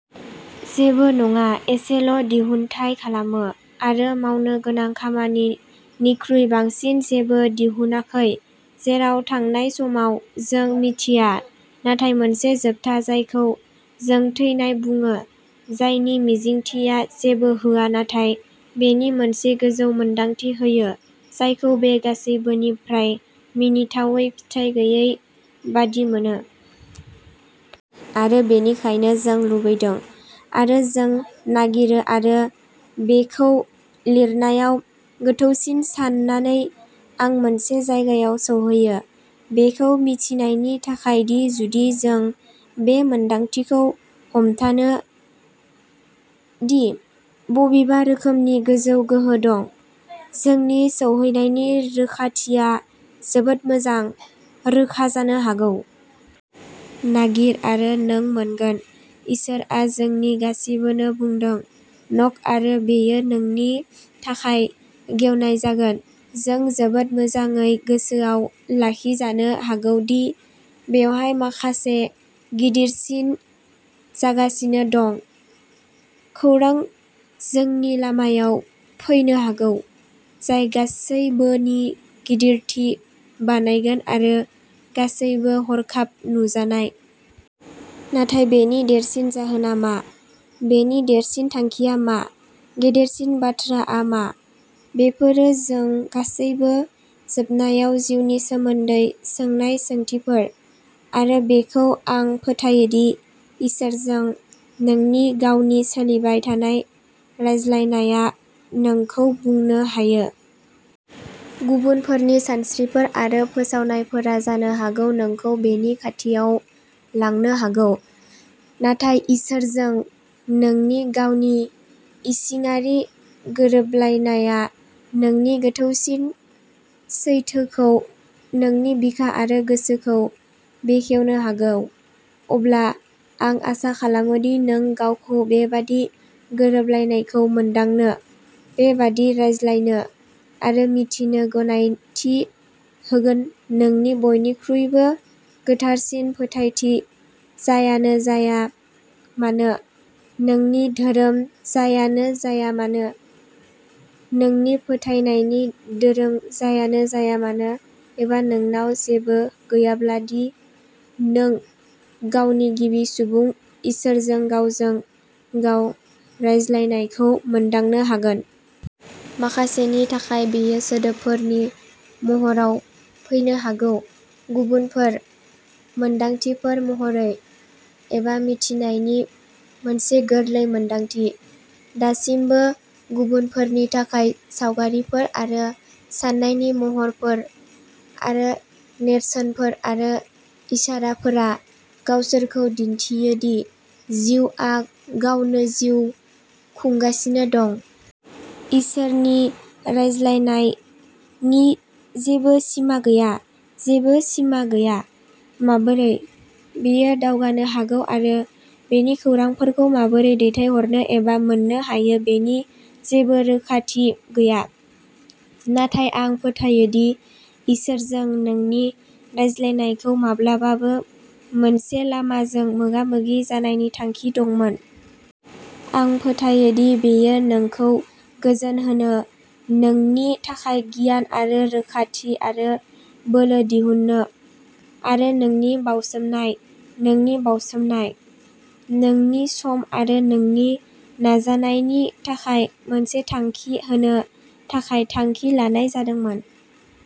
जेबो नङा, एसेल'दिहुन्थाय खालामो, आरो "मावनो गोनां खामानि" निख्रुइ बांसिन जेबो दिहुनाखै, जेराव थांनाय समाव, जों मिथिया, नाथाय मोनसे जोबथा जायखौ जों थैनाय बुङो-जायनि मिजिंथिया जेबो होआ नाथाय बेनि मोनसे गोजौ मोनदांथि होयो, जायखौ बे गासैबोनि फ्राय मिनिथावै फिथाइ गैयै बादि मोनो। आरो बेनिखायनो जों लुबैदों, आरो जों नागिरो। आरो बेखौ लिरनायाव गोथौसिन सान्नानै, आं मोनसे जायगायाव सौहैयो, बेखौ मिथिनायनि थाखाय दि जुदि जों बे मोनदांथिखौ हमथायो दि बबेबा रोखोमनि गोजौ गोहो दं, जोंनि सौहैनायनि रोखाथिया जोबोद मोजां रोखा जानो हागौ। नागिर आरो नों मोनगोन, इसोरआ जोंनि गासिबोनो बुंदों। न'क आरो बेयो नोंनि थाखाय गेवनाय जागोन। जों जोबोद मोजाङै गोसोआव लाखिजानो हागौ दि बेवहाय माखासे गिदिरसिन जागासिनो दं। खौरां जोंनि लामायाव फैनो हागौ जाय गासैबोनि "गिदिरथि" बानायगोन आरो गासैबो हरखाब नुजानाय। नाथाय बेनि देरसिन जाहोनआ मा? बेनि देरसिन थांखिया मा? गेदेरसिन बाथ्राआ मा? बेफोरो जों गासैबो जोबनायाव जिउनि सोमोन्दै सोंनाय सोंथिफोर। आरो बेखौ आं फोथायो दि इसोरजों नोंनि गावनि सोलिबाय थानाय रायज्लायनाया नोंखौ बुंनो हायो। गुबुनफोरनि सानस्रिफोर आरो फोसावनायफोरा जानो हागौ नोंखौ बेनि खाथियाव लांनो हागौ, नाथाय इसोरजों नोंनि गावनि इसिङारि गोरोबलायनाया नोंनि गोथौसिन सैथोखौ नोंनि बिखा आरो गोसोखौ बेखेवनो हागौ। अब्ला, आं आसा खालामो दि नों गावखौ बेबादि गोरोबलायनायखौ मोनदांनो, बेबादि रायज्लायनो, आरो मिथिनो गनायथि होगोननोंनि बयनिख्रुइबो गोथारसिन फोथायथि जायानो जाया मानो, नोंनि धोरोम जायानो जाया मानो, नोंनि फोथायनायनि दोरों जायानो जाया मानो, एबा नोंनाव जेबो गैयाब्लादि नों गावनि गिबि-सुबुं, इसोरजों गावजों गाव रायज्लायनायखौ मोनदांनो हागोन। माखासेनि थाखाय बेयो सोदोबफोरनि महराव फैनो हागौ। गुबुनफोर, मोन्दांथिफोर महरै, एबा "मिथिनायनि" मोनसे गोरलै मोनदांथि। दासिमबो गुबुनफोरनि थाखाय, सावगारिफोर आरो साननायनि महरफोर आरो नेरसोनफोर आरो इसाराफोरा गावसोरखौ दिन्थियो दि जिउआ गावनो जिउ खुंगासिनो दं। इसोरनि "रायज्लायनाय" नि जेबो सिमा गैया, जेबो सिमा गैया, "माबोरै" बेयो दावगानो हागौ आरो बेनि खौरांफोरखौ माबोरै दैथायहरनो एबा मोन्नो हायो बेनि जेबो रोखाथि गैया। नाथाय आं फोथायो दि इसोरजों नोंनि रायज्लायनायखौ माब्लाबाबो मोनसे-लामाजों मोगा-मोगि जानायनि थांखि दंमोन। आं फोथायो दि बेयो नोंखौ गोजोन होनो, नोंनि थाखाय गियान आरो रोखाथि आरो बोलो दिहुननो, आरो नोंनि बाउसोमनाय, नोंनि बाउसोमनाय, नोंनि सम आरो नोंनि नाजानायनि थाखाय मोनसे थांखि होनो थाखाय थांखि लानाय जादोंमोन।